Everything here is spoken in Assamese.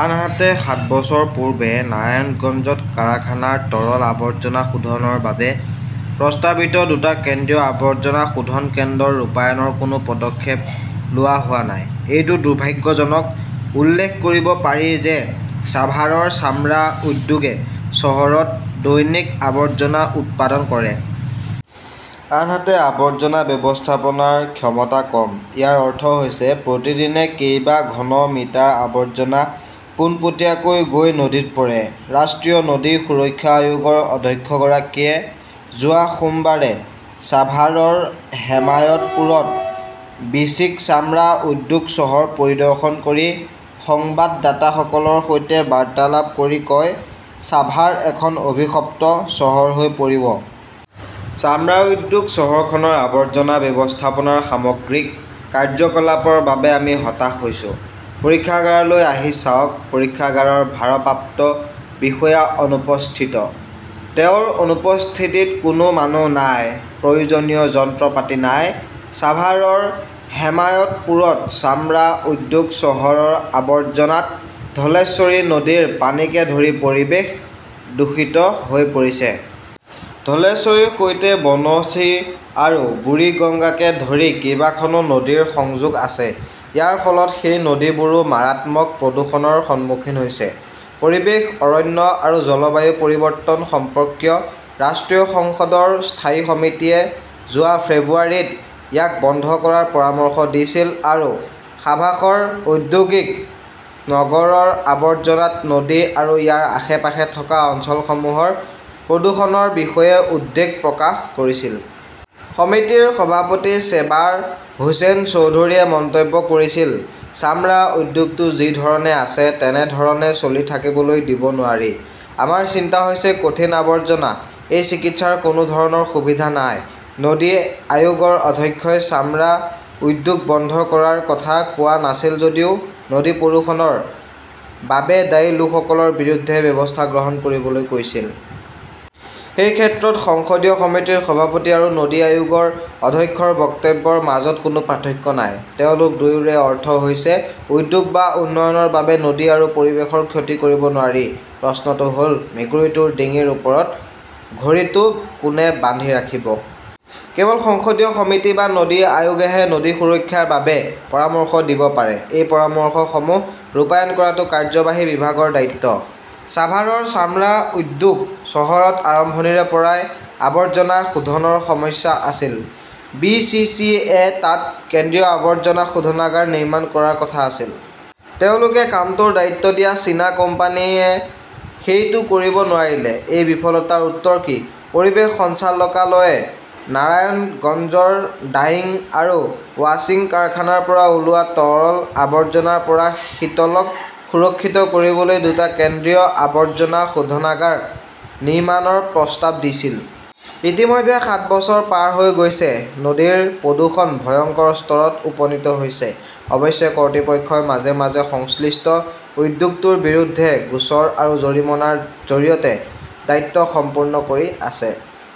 আনহাতে, সাত বছৰ পূৰ্বে নাৰায়ণগঞ্জত কাৰখানাৰ তৰল আৱৰ্জনা শোধনৰ বাবে প্ৰস্তাৱিত দুটা কেন্দ্ৰীয় আৱৰ্জনা শোধন কেন্দ্ৰৰ ৰূপায়ণৰ কোনো পদক্ষেপ লোৱা হোৱা নাই। এইটো দুৰ্ভাগ্যজনক। উল্লেখ কৰিব পাৰি যে চাভাৰৰ চামৰা উদ্যোগে চহৰত দৈনিকআৱৰ্জনা উৎপাদন কৰে। আনহাতে, আৱৰ্জনা ব্যৱস্থাপনাৰ ক্ষমতা কম। ইয়াৰ অৰ্থ হৈছে প্ৰতিদিনে কেইবা ঘন মিটাৰ আৱৰ্জনা পোনপটীয়াকৈ গৈ নদীত পৰে। ৰাষ্ট্ৰীয় নদী সুৰক্ষা আয়োগৰ অধ্যক্ষগৰাকীয়ে যোৱা সোমবাৰে ছাভাৰৰ হেমায়তপুৰত বিচিক চামৰা উদ্যোগ চহৰ পৰিদৰ্শন কৰি সংবাদদাতাসকলৰ সৈতে বাৰ্তালাপ কৰি কয়, ছাভাৰ এখন অভিশপ্ত চহৰ হৈ পৰিব। চামৰা উদ্যোগ চহৰখনৰ আৱৰ্জনা ব্যৱস্থাপনাৰ সামগ্ৰিক কাৰ্যকলাপৰ বাবে আমি হতাশ হৈছো। পৰীক্ষাগাৰলৈ আহি চাওক, পৰীক্ষাগাৰৰ ভাৰপ্ৰাপ্ত বিষয়া অনুপস্থিত। তেওঁৰ অনুপস্থিতিত কোনো মানুহ নাই। প্ৰয়োজনীয় যন্ত্ৰপাতি নাই। সাভাৰৰ হেমায়তপুৰত চামৰা উদ্যোগ চহৰৰ আৱৰ্জনাত ধলেশ্বৰী নদীৰ পানীকে ধৰি পৰিৱেশ দূষিত হৈ পৰিছে। ধলেশ্বৰীৰ সৈতে বনশী আৰু বুৰিগংগাকে ধৰি কেইবাখনো নদীৰ সংযোগ আছে। ইয়াৰ ফলত সেই নদীবোৰো মাৰাত্মক প্ৰদূষণৰ সন্মুখীন হৈছে। পৰিৱেশ, অৰণ্য আৰু জলবায়ু পৰিৱৰ্তন সম্পৰ্কীয় ৰাষ্ট্ৰীয় সংসদৰ স্থায়ী সমিতিয়ে যোৱা ফেব্ৰুৱাৰীত ইয়াক বন্ধ কৰাৰ পৰামৰ্শ দিছিল আৰু সাভাৰৰ ঔদ্যোগিক নগৰৰ আৱৰ্জনাত নদী আৰু ইয়াৰ আশে-পাশে থকা অঞ্চলসমূহৰ প্ৰদূষণৰ বিষয়ে উদ্বেগ প্ৰকাশ কৰিছিল। সমিতিৰ সভাপতি চেবাৰ হোসেন চৌধুৰীয়ে মন্তব্য কৰিছিল, চামৰা উদ্যোগটো যি ধৰণে আছে তেনে ধৰণে চলি থাকিবলৈ দিব নোৱাৰি। আমাৰ চিন্তা হৈছে কঠিন আৱৰ্জনা। এই চিকিৎসাৰ কোনো ধৰণৰ সুবিধা নাই। নদী আয়োগৰ অধ্যক্ষই চামৰা উদ্যোগ বন্ধ কৰাৰ কথা কোৱা নাছিল যদিও নদী প্ৰদূষণৰ বাবে দায়ী লোকসকলৰ বিৰুদ্ধে ব্যৱস্থা গ্ৰহণ কৰিবলৈ কৈছিল। সেই ক্ষেত্ৰত সংসদীয় সমিতিৰ সভাপতি আৰু নদী আয়োগৰ অধ্যক্ষৰ বক্তব্যৰ মাজত কোনো পাৰ্থক্য নাই। তেওঁলোক দুয়োৰে অৰ্থ হৈছে উদ্যোগ বা উন্নয়নৰ বাবে নদী আৰু পৰিৱেশৰ ক্ষতি কৰিব নোৱাৰি। প্ৰশ্নটো হ'ল মেকুৰীটোৰ ডিঙিৰ ওপৰত ঘড়ীটো কোনে বান্ধি ৰাখিব? কেৱল সংসদীয় সমিতি বা নদী আয়োগেহে নদী সুৰক্ষাৰ বাবে পৰামৰ্শ দিব পাৰে। এই পৰামৰ্শসমূহ ৰূপায়ণ কৰাটো কাৰ্যবাহী বিভাগৰ দায়িত্ব। ছাভাৰৰ চামৰা উদ্যোগ চহৰত আৰম্ভণিৰে পৰাই আৱৰ্জনা শোধনৰ সমস্যা আছিল। বি. চি. চি. -য়ে তাত কেন্দ্ৰীয় আৱৰ্জনা শোধনাগাৰ নিৰ্মাণ কৰাৰ কথা আছিল। তেওঁলোকে কামটোৰ দায়িত্ব দিয়া চীনা কোম্পানীয়ে সেইটো কৰিব নোৱাৰিলে। এই বিফলতাৰ উত্তৰ কি? পৰিৱেশ সঞ্চালকালয়ে নাৰায়ণগঞ্জৰ ডাইং আৰু ৱাশ্বিং কাৰখানাৰ পৰা ওলোৱা তৰল আৱৰ্জনাৰ পৰা শীতলক সুৰক্ষিত কৰিবলৈ দুটা কেন্দ্ৰীয় আৱৰ্জনা শোধনাগাৰ নিৰ্মাণৰ প্ৰস্তাৱ দিছিল। ইতিমধ্যে সাত বছৰ পাৰ হৈ গৈছে। নদীৰ প্ৰদূষণ ভয়ংকৰ স্তৰত উপনীত হৈছে। অৱশ্যে, কৰ্তৃপক্ষই মাজে মাজে সংশ্লিষ্ট উদ্যোগটোৰ বিৰুদ্ধে গোচৰ আৰু জৰিমনাৰ জৰিয়তে দায়িত্ব সম্পূৰ্ণ কৰি আছে।